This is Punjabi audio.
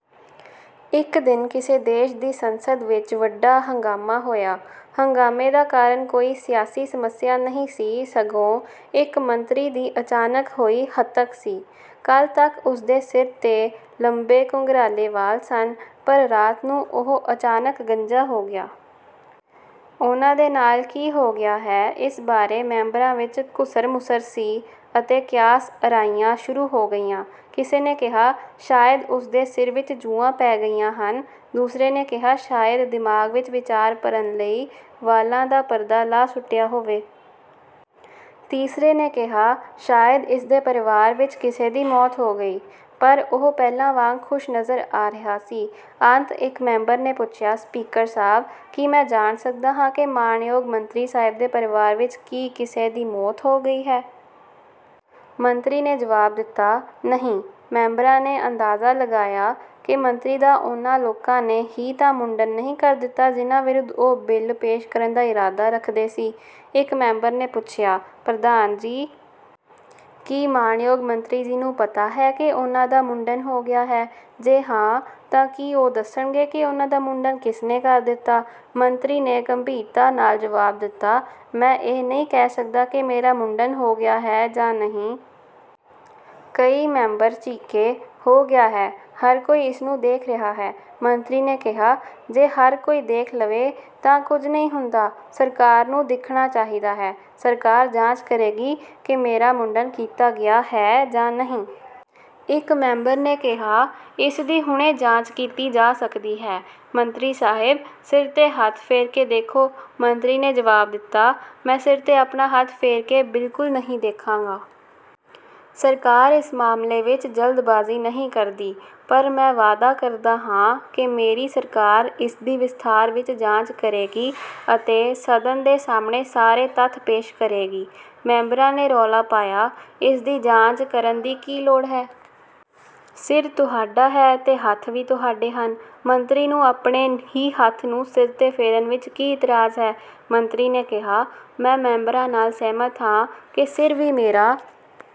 ਇੱਕ ਦਿਨ ਕਿਸੇ ਦੇਸ਼ ਦੀ ਸੰਸਦ ਵਿੱਚ ਵੱਡਾ ਹੰਗਾਮਾ ਹੋਇਆ। ਹੰਗਾਮੇ ਦਾ ਕਾਰਨ ਕੋਈ ਸਿਆਸੀ ਸਮੱਸਿਆ ਨਹੀਂ ਸੀ, ਸਗੋਂ ਇੱਕ ਮੰਤਰੀ ਦੀ ਅਚਾਨਕ ਹੋਈ "ਹੱਤਕ" ਸੀ। ਕੱਲ੍ਹ ਤੱਕ ਉਸ ਦੇ ਸਿਰ 'ਤੇ ਲੰਬੇ ਘੁੰਗਰਾਲੇ ਵਾਲ ਸਨ, ਪਰ ਰਾਤ ਨੂੰ ਉਹ ਅਚਾਨਕ ਗੰਜਾ ਹੋ ਗਿਆ। ਉਨ੍ਹਾਂ ਦੇ ਨਾਲ ਕੀ ਹੋ ਗਿਆ ਹੈ, ਇਸ ਬਾਰੇ ਮੈਂਬਰਾਂ ਵਿੱਚ ਘੁਸਰ-ਮੁਸਰ ਸੀ ਅਤੇ ਕਿਆਸ-ਅਰਾਈਆਂ ਸ਼ੁਰੂ ਹੋ ਗਈਆਂ। ਕਿਸੇ ਨੇ ਕਿਹਾ, "ਸ਼ਾਇਦ ਉਸ ਦੇ ਸਿਰ ਵਿੱਚ ਜੂੰਆਂ ਪੈ ਗਈਆਂ ਹਨ।" ਦੂਸਰੇ ਨੇ ਕਿਹਾ, "ਸ਼ਾਇਦ ਦਿਮਾਗ ਵਿੱਚ ਵਿਚਾਰ ਭਰਨ ਲਈ ਵਾਲਾਂ ਦਾ ਪਰਦਾ ਲਾਹ ਸੁੱਟਿਆ ਹੋਵੇ।" ਤੀਸਰੇ ਨੇ ਕਿਹਾ, "ਸ਼ਾਇਦ ਇਸ ਦੇ ਪਰਿਵਾਰ ਵਿੱਚ ਕਿਸੇ ਦੀ ਮੌਤ ਹੋ ਗਈ।" ਪਰ ਉਹ ਪਹਿਲਾਂ ਵਾਂਗ ਖੁਸ਼ ਨਜ਼ਰ ਆ ਰਿਹਾ ਸੀ। ਅੰਤ ਇੱਕ ਮੈਂਬਰ ਨੇ ਪੁੱਛਿਆ, "ਸਪੀਕਰ ਸਾਹਬ! ਕੀ ਮੈਂ ਜਾਣ ਸਕਦਾ ਹਾਂ ਕਿ ਮਾਣਯੋਗ ਮੰਤਰੀ ਸਾਹਿਬ ਦੇ ਪਰਿਵਾਰ ਵਿੱਚ ਕੀ ਕਿਸੇ ਦੀ ਮੌਤ ਹੋ ਗਈ ਹੈ?" ਮੰਤਰੀ ਨੇ ਜਵਾਬ ਦਿੱਤਾ, "ਨਹੀਂ।" ਮੈਂਬਰਾਂ ਨੇ ਅੰਦਾਜਾ ਲਗਾਇਆ ਕਿ ਮੰਤਰੀ ਦਾ ਉਨ੍ਹਾਂ ਲੋਕਾਂ ਨੇ ਹੀ ਤਾਂ ਮੁੰਡਨ ਨਹੀਂ ਕਰ ਦਿੱਤਾ ਜਿਨ੍ਹਾਂ ਵਿਰੁੱਧ ਉਹ ਬਿੱਲ ਪੇਸ਼ ਕਰਨ ਦਾ ਇਰਾਦਾ ਰੱਖਦੇ ਸੀ। ਇਕ ਮੈਂਬਰ ਨੇ ਪੁੱਛਿਆ, "ਪ੍ਰਧਾਨ ਜੀ! ਕੀ ਮਾਣਯੋਗ ਮੰਤਰੀ ਜੀ ਨੂੰ ਪਤਾ ਹੈ ਕਿ ਉਹਨਾਂ ਦਾ ਮੁੰਡਨ ਹੋ ਗਿਆ ਹੈ? ਜੇ ਹਾਂ, ਤਾਂ ਕੀ ਉਹ ਦੱਸਣਗੇ ਕਿ ਉਹਨਾਂ ਦਾ ਮੁੰਡਨ ਕਿਸ ਨੇ ਕਰ ਦਿੱਤਾ?" ਮੰਤਰੀ ਨੇ ਗੰਭੀਰਤਾ ਨਾਲ ਜਵਾਬ ਦਿੱਤਾ, "ਮੈਂ ਇਹ ਨਹੀਂ ਕਹਿ ਸਕਦਾ ਕਿ ਮੇਰਾ ਮੁੰਡਨ ਹੋ ਗਿਆ ਹੈ ਜਾਂ ਨਹੀਂ!" ਕਈ ਮੈਂਬਰ ਚੀਕੇ, "ਹੋ ਗਿਆ ਹੈ! ਹਰ ਕੋਈ ਇਸਨੂੰ ਦੇਖ ਰਿਹਾ ਹੈ।" ਮੰਤਰੀ ਨੇ ਕਿਹਾ, "ਜੇ ਹਰ ਕੋਈ ਦੇਖ ਲਵੇ ਤਾਂ ਕੁੱਝ ਨਹੀਂ ਹੁੰਦਾ। ਸਰਕਾਰ ਨੂੰ ਦਿਖਣਾ ਚਾਹੀਦਾ ਹੈ। ਸਰਕਾਰ ਜਾਂਚ ਕਰੇਗੀ ਕਿ ਮੇਰਾ ਮੁੰਡਨ ਕੀਤਾ ਗਿਆ ਹੈ ਜਾਂ ਨਹੀਂ।" ਇਕ ਮੈਂਬਰ ਨੇ ਕਿਹਾ, "ਇਸ ਦੀ ਹੁਣੇ ਜਾਂਚ ਕੀਤੀ ਜਾ ਸਕਦੀ ਹੈ। ਮੰਤਰੀ ਸਾਹਿਬ, ਸਿਰ 'ਤੇ ਹੱਥ ਫੇਰ ਕੇ ਦੇਖੋ।" ਮੰਤਰੀ ਨੇ ਜਵਾਬ ਦਿੱਤਾ, "ਮੈਂ ਸਿਰ 'ਤੇ ਆਪਣਾ ਹੱਥ ਫੇਰ ਕੇ ਬਿਲਕੁਲ ਨਹੀਂ ਦੇਖਾਂਗਾ। ਸਰਕਾਰ ਇਸ ਮਾਮਲੇ ਵਿੱਚ ਜਲਦਬਾਜ਼ੀ ਨਹੀਂ ਕਰਦੀ। ਪਰ ਮੈਂ ਵਾਅਦਾ ਕਰਦਾ ਹਾਂ ਕਿ ਮੇਰੀ ਸਰਕਾਰ ਇਸ ਦੀ ਵਿਸਥਾਰ ਵਿੱਚ ਜਾਂਚ ਕਰੇਗੀ ਅਤੇ ਸਦਨ ਦੇ ਸਾਹਮਣੇ ਸਾਰੇ ਤੱਥ ਪੇਸ਼ ਕਰੇਗੀ।" ਮੈਂਬਰਾਂ ਨੇ ਰੌਲਾ ਪਾਇਆ, "ਇਸ ਦੀ ਜਾਂਚ ਕਰਨ ਦੀ ਕੀ ਲੋੜ ਹੈ? ਸਿਰ ਤੁਹਾਡਾ ਹੈ ਤੇ ਹੱਥ ਵੀ ਤੁਹਾਡੇ ਹਨ। ਮੰਤਰੀ ਨੂੰ ਆਪਣੇ ਹੀ ਹੱਥ ਨੂੰ ਸਿਰ 'ਤੇ ਫੇਰਨ ਵਿੱਚ ਕੀ ਇਤਰਾਜ਼ ਹੈ?" ਮੰਤਰੀ ਨੇ ਕਿਹਾ, "ਮੈਂ ਮੈਂਬਰਾਂ ਨਾਲ ਸਹਿਮਤ ਹਾਂ ਕਿ ਸਿਰ ਵੀ ਮੇਰਾ